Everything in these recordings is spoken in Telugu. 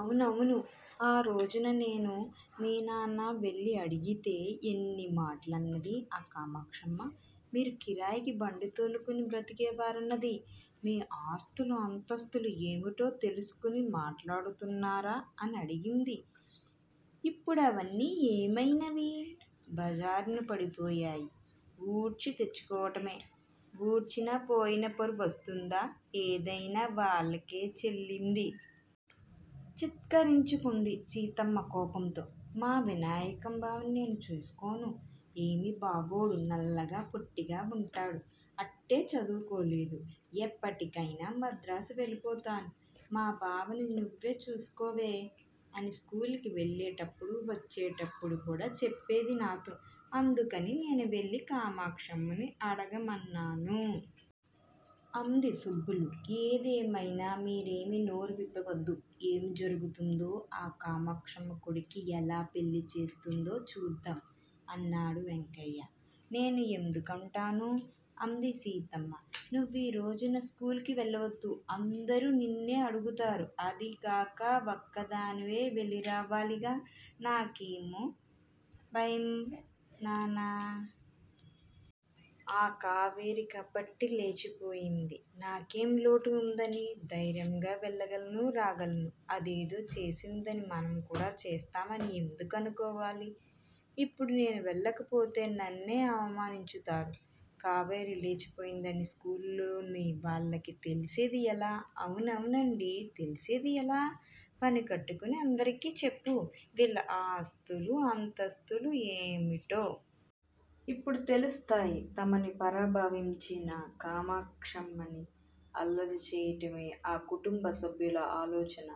అవునవును! ఆరోజున నేనూ, మీనాన్నా వెళ్ళి అడిగితే ఎన్ని మాటలన్నది ఆ కామాక్షమ్మ? మీరు కిరాయికి బండితోలుకుని బ్రతికేవారన్నది. మీ ఆస్తులు అంతస్తులూ ఏమిటో తెలుసుకుని మాట్లాడుతున్నారా? అనడిగింది. ఇప్పుడవన్నీ ఏమయినవి? బజారున పడిపోయాయి! ఊడ్చి తెచ్చుకోవటమే! ఊడ్చినా పోయినపరువు వస్తుందా? ఏదయినా వాళ్ళకే చెల్లింది! ఛీత్కరించుకుంది సీతమ్మ కోపంతో! మా వినాయకం బావని నేను చేసుకోను! ఏమీ బాగోడు! నల్లగా పొట్టిగా వుంటాడు. అట్టే చదువుకోలేదు! ఎప్పటికయినా మద్రాసు వెళ్ళి పోతాను. మా బావని నువ్వే చేసుకోవే! అని స్కూలుకి వెళ్ళేటప్పుడు వచ్చేటప్పుడుకూడా చెప్పేది నాతో! అందుకని నేనువెళ్ళి కామాక్షమ్మను అడగమన్నాను! అంది సుబ్బులు! ఏది ఏమయినా మీరేమీ నోరు విప్పవద్దు! ఏం జరుగుతుందో? ఆ కామాక్షమ్మ కొడుక్కి ఎలా పెళ్ళి చూస్తుందో చూద్దాం! అన్నాడు వెంకయ్య. నేను ఎందుకంటాను? అంది సీతమ్మ. నువ్వీరోజున స్కూలుకి వెళ్ళవద్దు! అందరూ నిన్నే అడుగుతారు. అదీగాక ఒక్కదానివే వెళ్ళిరావాలిగా? నాకేం భయంనాన్నా? ఆ కావేరికాబట్టి లేచిపోయింది. నాకేం లోటు వుందని? ధైర్యంగా వెళ్ళగలనూ, రాగలను! అదేదో చేసిందని మనంకూడా చేస్తామని ఎందుకు అనుకోవాలి? యిప్పుడు నేను వెళ్ళకపోతే నన్నే అనుమానించుతారు! కావేరి లేచిపోయిందని స్కూలులోని వాళ్ళకి తెలిసేది ఎలా? అవునవునండీ! తెలిసేది ఎలా? పనికట్టుకుని అందరికీ చెప్పు! వీళ్ళ ఆస్తులూ అంతస్తులూ ఏమిటో? ఇప్పుడు తెలుస్తాయి. తమని పరాభావించిన కామాక్షమ్మని అల్లరి చేయటమే ఆ కుటుంబ సభ్యుల ఆలోచన!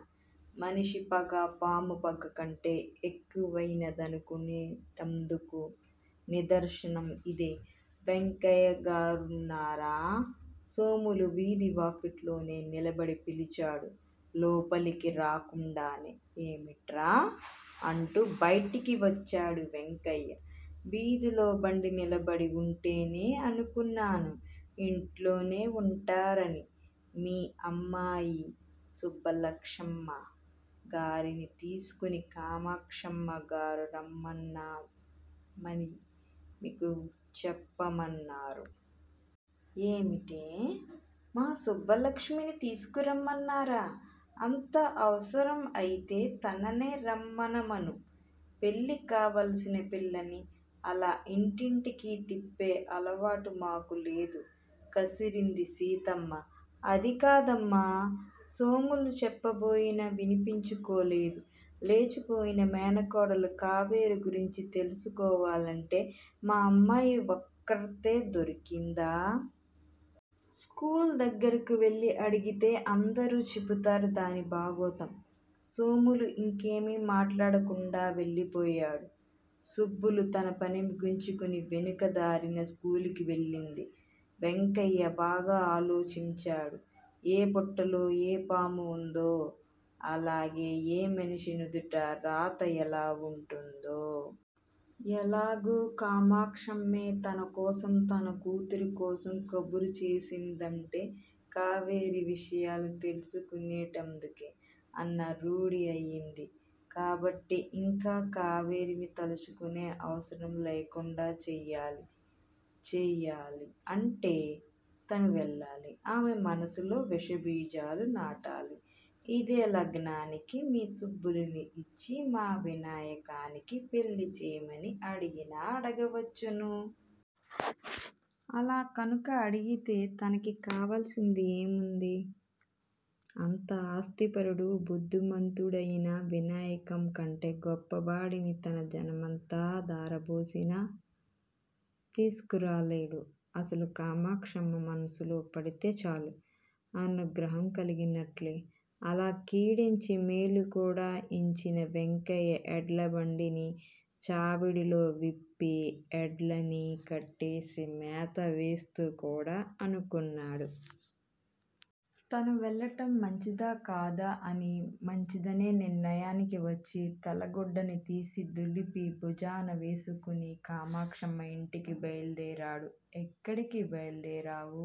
మనిషి పగ పాము పగ కంటే ఎక్కువయినదనుకునేటందుకు నిదర్శనం యిదే! వెంకయ్యగారున్నారా? సోములు వీధి వాకిట్లోనే నిలబడి పిలిచాడు లోపలికి రాకుండానే? ఏమిట్రా? అంటూ బైటికి వచ్చాడు వెంకయ్య. వీధిలో బండి నిలబడి వుంటేనే అనుకున్నాను యింట్లోనే వుంటారని మీ అమ్మాయి సుబ్బలక్ష్మమ్మ గారిని తీసుకుని కామాక్షమ్మగారు రమ్మనమని మీకు చెప్పమన్నారు! ఏమిటే? మా సుబ్బలక్ష్మిని తీసుకురమ్మన్నారా? అంత అవసరం అయితే తననే రమ్మనమను! పెళ్ళి కావాలసిన పిల్లని అలా ఇంటింటికీ తిప్పే అలవాటు మాకులేదు! కసిరింది సీతమ్మ. అది కాదమ్మా! సోములు చెప్పబోయినా వినిపించుకోలేదు. లేచిపోయిన మేనకోడలు కావేరి గురించి తెలుసుకోవాలంటే మా అమ్మాయి ఒక్రతే దొరికిందా? స్కూలు దగ్గరకు వెళ్ళి అడిగితే అందరూ చెప్పుతారు దాని బాగోతం! సోములు యింకేమీ మాట్లాడకుండా వెళ్ళిపోయాడు. సుబ్బులు తన పని ముగించుకుని వెనుక దారిన స్కూలుకి వెళ్ళింది. వెంకయ్య బాగా ఆలోచించాడు ఏ పుట్టలో ఏ పాము వుందో? అలాగే ఏ మనిషి నుదుట రాత ఎలా వుంటుందో? ఎలాగూ కామాక్షమ్మే తన కోసం తన కూతురు కోసం కబురు చేసిందంటే కావేరి విషయాలు తెలుసుకునేటందుకే! అన్న రూఢీ అయింది కాబట్టి యింక కావేరిని తలుచుకునే అవసరం లేకుండా చేయాలి! చేయాలీ అంటే తను వెళ్ళాలి! ఆమె మనసులో విష బీజాలు నాటాలి? యిదే లగ్నానికి మీ సుబ్బులుని యిచ్చి మా వినాయకానికి పెళ్ళి చేయమని అడిగినా అడగవచ్చును! అలా కనుక అడిగితే తనకి కావలసింది ఏమున్నది? అంత ఆస్థిపరుడు బుద్దిమంతుడయిన వినాయకం కంటే గొప్పవాడిని తన జనమంతా ధారాపోసినా తీసుకురాలేడు. అసలు కామాక్షమ్మ మనసులో పడితే చాలు! అనుగ్రహం కలిగినట్లే! అలా కీడెంచి మేలు కూడా ఎంచిన వెంకయ్య ఎడ్ల బండిని చావిడిలో విప్పి ఎద్లని కట్టేసి మేత వేస్తూ కూడా అనుకున్నాడు. తను వెళ్ళటం మంచిదా? కాదా? అని! మంచిదనే నిర్ణయానికి వచ్చి తలగుడ్దని తీసి దులిపి భుజాన వేసుకుని కామాక్షమ్మ యింటికి బయలుదేరాడు. ఎక్కడికీ బయలుదేరావు